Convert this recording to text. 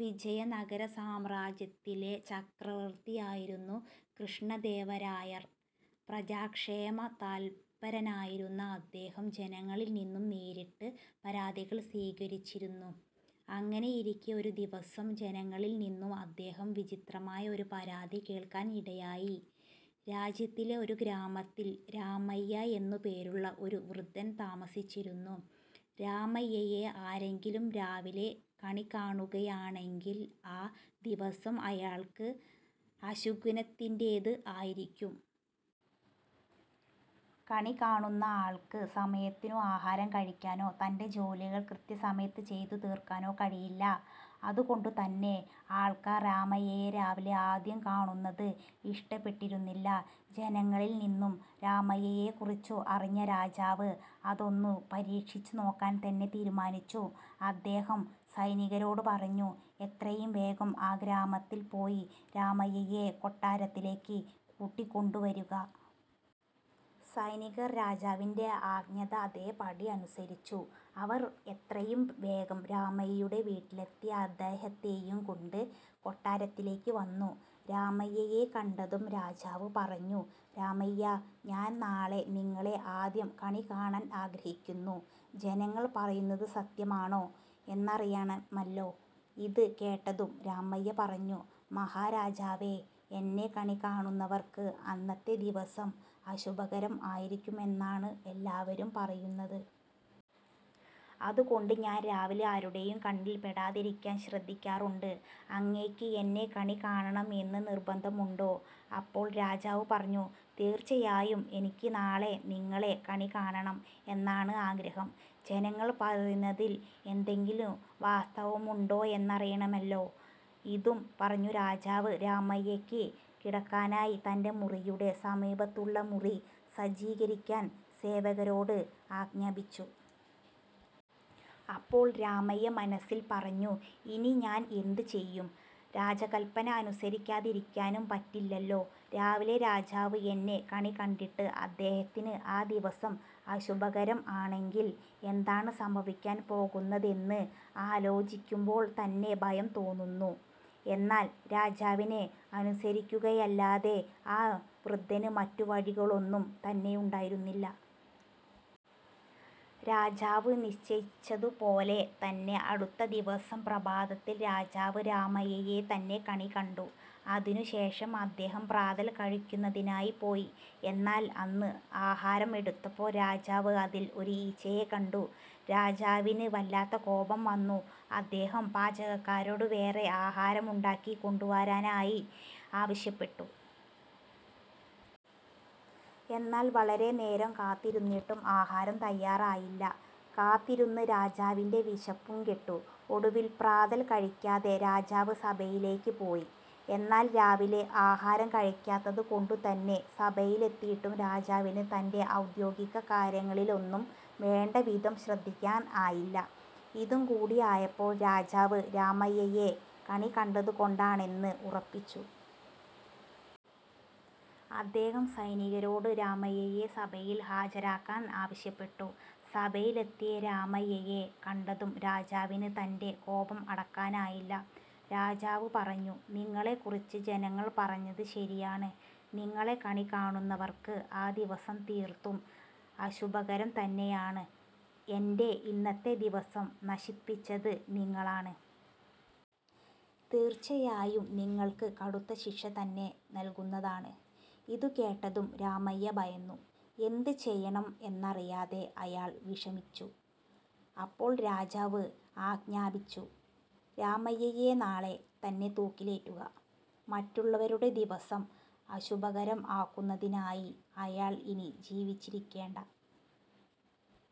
വിജയനഗര സാമ്രാജ്യത്തിലെ ചക്രവർത്തിയായിരുന്നു കൃഷ്ണദേവരായർ. പ്രജാക്ഷേമ തല്പരനായിരുന്ന അദ്ദേഹം ജനങ്ങളിൽ നിന്നും നേരിട്ട് പരാതികൾ സ്വീകരിച്ചിരുന്നു. അങ്ങനെയിരിക്കെ ഒരു ദിവസം ജനങ്ങളിൽ നിന്നും അദ്ദേഹം വിചിത്രമായ ഒരു പരാതി കേൾക്കാൻ ഇടയായി. രാജ്യത്തിലെ ഒരു ഗ്രാമത്തിൽ രാമയ്യ എന്നു പേരുള്ള ഒരു വൃദ്ധൻ താമസിച്ചിരുന്നു. രാമയ്യയെ ആരെങ്കിലും രാവിലെ കണി കാണുകയാണെങ്കിൽ ആ ദിവസം അയാൾക്ക് അശകുനത്തിന്റേത് ആയിരിക്കും. കണികാണുന്ന ആൾക്ക് സമയത്തിനു ആഹാരം കഴിക്കാനോ തന്റെ ജോലികൾ കൃത്യസമയത്ത് ചെയ്തു തീർക്കാനോ കഴിയില്ല. അതുകൊണ്ടു തന്നെ ആൾക്കാർ രാമയ്യയെ രാവിലെ ആദ്യം കാണുന്നത് ഇഷ്ടപ്പെട്ടിരുന്നില്ല. ജനങ്ങളിൽ നിന്നും രാമയ്യയെക്കുറിച്ചു അറിഞ്ഞ രാജാവ് അതൊന്നു പരീക്ഷിച്ചു നോക്കാൻ തന്നെ തീരുമാനിച്ചു. അദ്ദേഹം സൈനികരോട് പറഞ്ഞു "എത്രയും വേഗം ആ ഗ്രാമത്തിൽ പോയി രാമയ്യയെ കൊട്ടാരത്തിലേക്ക് കൂട്ടിക്കൊണ്ടു വരുക. " സൈനികർ രാജാവിന്റെ ആജ്ഞ അതേപടി അനുസരിച്ചു. അവർ എത്രയും വേഗം രാമയ്യയുടെ വീട്ടിലെത്തി അദ്ദേഹത്തെയും കൊണ്ട് കൊട്ടാരത്തിലേക്കു വന്നു. രാമയ്യയെ കണ്ടതും രാജാവ് പറഞ്ഞു "രാമയ്യ, ഞാൻ നാളെ നിങ്ങളെ ആദ്യം കണി കാണാൻ ആഗ്രഹിക്കുന്നു. ജനങ്ങൾ പറയുന്നത് സത്യമാണോ എന്നറിയണമല്ലോ. " ഇത് കേട്ടതും രാമയ്യ പറഞ്ഞു "മഹാരാജാവേ, എന്നെ കണി കാണുന്നവർക്ക് അന്നത്തെ ദിവസം അശുഭകരം ആയിരിക്കും എന്നാണ് എല്ലാവരും പറയുന്നത്. അതുകൊണ്ട് ഞാൻ രാവിലെ ആരുടേയും കണ്ണിൽ പെടാതിരിക്കാൻ ശ്രദ്ധിക്കാറുണ്ട്. അങ്ങേയ്ക്ക് എന്നെ കണി കാണണം എന്ന് നിർബന്ധമുണ്ടോ? " അപ്പോൾ രാജാവ് പറഞ്ഞു "തീർച്ചയായും എനിക്ക് നാളെ നിങ്ങളെ കണി കാണണം എന്നാണ് ആഗ്രഹം. ജനങ്ങൾ പറയുന്നതിൽ എന്തെങ്കിലും വാസ്തവമുണ്ടോ എന്നറിയണമല്ലോ? ഇതും പറഞ്ഞു രാജാവ് രാമയ്യക്ക് കിടക്കാനായി തന്റെ മുറിയുടെ സമീപത്തുള്ള മുറി സജ്ജീകരിക്കാൻ സേവകരോട് ആജ്ഞാപിച്ചു. അപ്പോൾ രാമയ്യ മനസ്സിൽ പറഞ്ഞു "ഇനി ഞാൻ എന്ത് ചെയ്യും? രാജകല്പന അനുസരിക്കാതിരിക്കാനും പറ്റില്ലല്ലോ. രാവിലെ രാജാവ് എന്നെ കണി കണ്ടിട്ട് അദ്ദേഹത്തിന് ആ ദിവസം അശുഭകരം ആണെങ്കിൽ എന്താണ് സംഭവിക്കാൻ പോകുന്നതെന്ന് ആലോചിക്കുമ്പോൾ തന്നെ ഭയം തോന്നുന്നു. " എന്നാൽ രാജാവിനെ അനുസരിക്കുകയല്ലാതെ ആ വൃദ്ധന് മറ്റു വഴികളൊന്നും തന്നെ ഉണ്ടായിരുന്നില്ല. രാജാവ് നിശ്ചയിച്ചതു പോലെ തന്നെ അടുത്ത ദിവസം പ്രഭാതത്തിൽ രാജാവ് രാമയ്യയെ തന്നെ കണി കണ്ടു. അതിനു ശേഷം അദ്ദേഹം പ്രാതൽ കഴിക്കുന്നതിനായി പോയി. എന്നാൽ അന്ന് ആഹാരം എടുത്തപ്പോൾ രാജാവ് അതിൽ ഒരു ഈച്ചയെ കണ്ടു. രാജാവിന് വല്ലാത്ത കോപം വന്നു. അദ്ദേഹം പാചകക്കാരോട് വേറെ ആഹാരം ഉണ്ടാക്കി കൊണ്ടുവരുവാനായി ആവശ്യപ്പെട്ടു. എന്നാൽ വളരെ നേരം കാത്തിരുന്നിട്ടും ആഹാരം തയ്യാറായില്ല. കാത്തിരുന്ന് രാജാവിന്റെ വിശപ്പും കെട്ടു. ഒടുവിൽ പ്രാതൽ കഴിക്കാതെ രാജാവ് സഭയിലേക്ക് പോയി. എന്നാൽ രാവിലെ ആഹാരം കഴിക്കാത്തത് കൊണ്ടു തന്നെ സഭയിലെത്തിയിട്ടും രാജാവിന് തന്റെ ഔദ്യോഗിക കാര്യങ്ങളിലൊന്നും വേണ്ടവിധം ശ്രദ്ധിക്കാൻ ആയില്ല. ഇതും കൂടി ആയപ്പോൾ രാജാവ് രാമയ്യയെ കണി കണ്ടതു കൊണ്ടാണെന്ന് ഉറപ്പിച്ചു. അദ്ദേഹം സൈനികരോട് രാമയ്യയെ സഭയിൽ ഹാജരാക്കാൻ ആവശ്യപ്പെട്ടു. സഭയിലെത്തിയ രാമയ്യയെ കണ്ടതും രാജാവിന് തന്റെ കോപം അടക്കാനായില്ല. രാജാവ് പറഞ്ഞു "നിങ്ങളെ കുറിച്ച് ജനങ്ങൾ പറഞ്ഞത് ശരിയാണ്. നിങ്ങളെ കണി കാണുന്നവർക്ക് ആ ദിവസം തീർത്തും അശുഭകരം തന്നെയാണ്. എന്റെ ഇന്നത്തെ ദിവസം നശിപ്പിച്ചത് നിങ്ങളാണ്. തീർച്ചയായും നിങ്ങൾക്ക് കടുത്ത ശിക്ഷ തന്നെ നൽകുന്നതാണ്. " ഇതു കേട്ടതും രാമയ്യ ഭയന്നു. എന്ത് ചെയ്യണം എന്നറിയാതെ അയാൾ വിഷമിച്ചു. അപ്പോൾ രാജാവ് ആജ്ഞാപിച്ചു "രാമയ്യയെ നാളെ തന്നെ തൂക്കിലേറ്റുക. മറ്റുള്ളവരുടെ ദിവസം അശുഭകരം ആക്കുന്നതിനായി അയാൾ ഇനി ജീവിച്ചിരിക്കേണ്ട.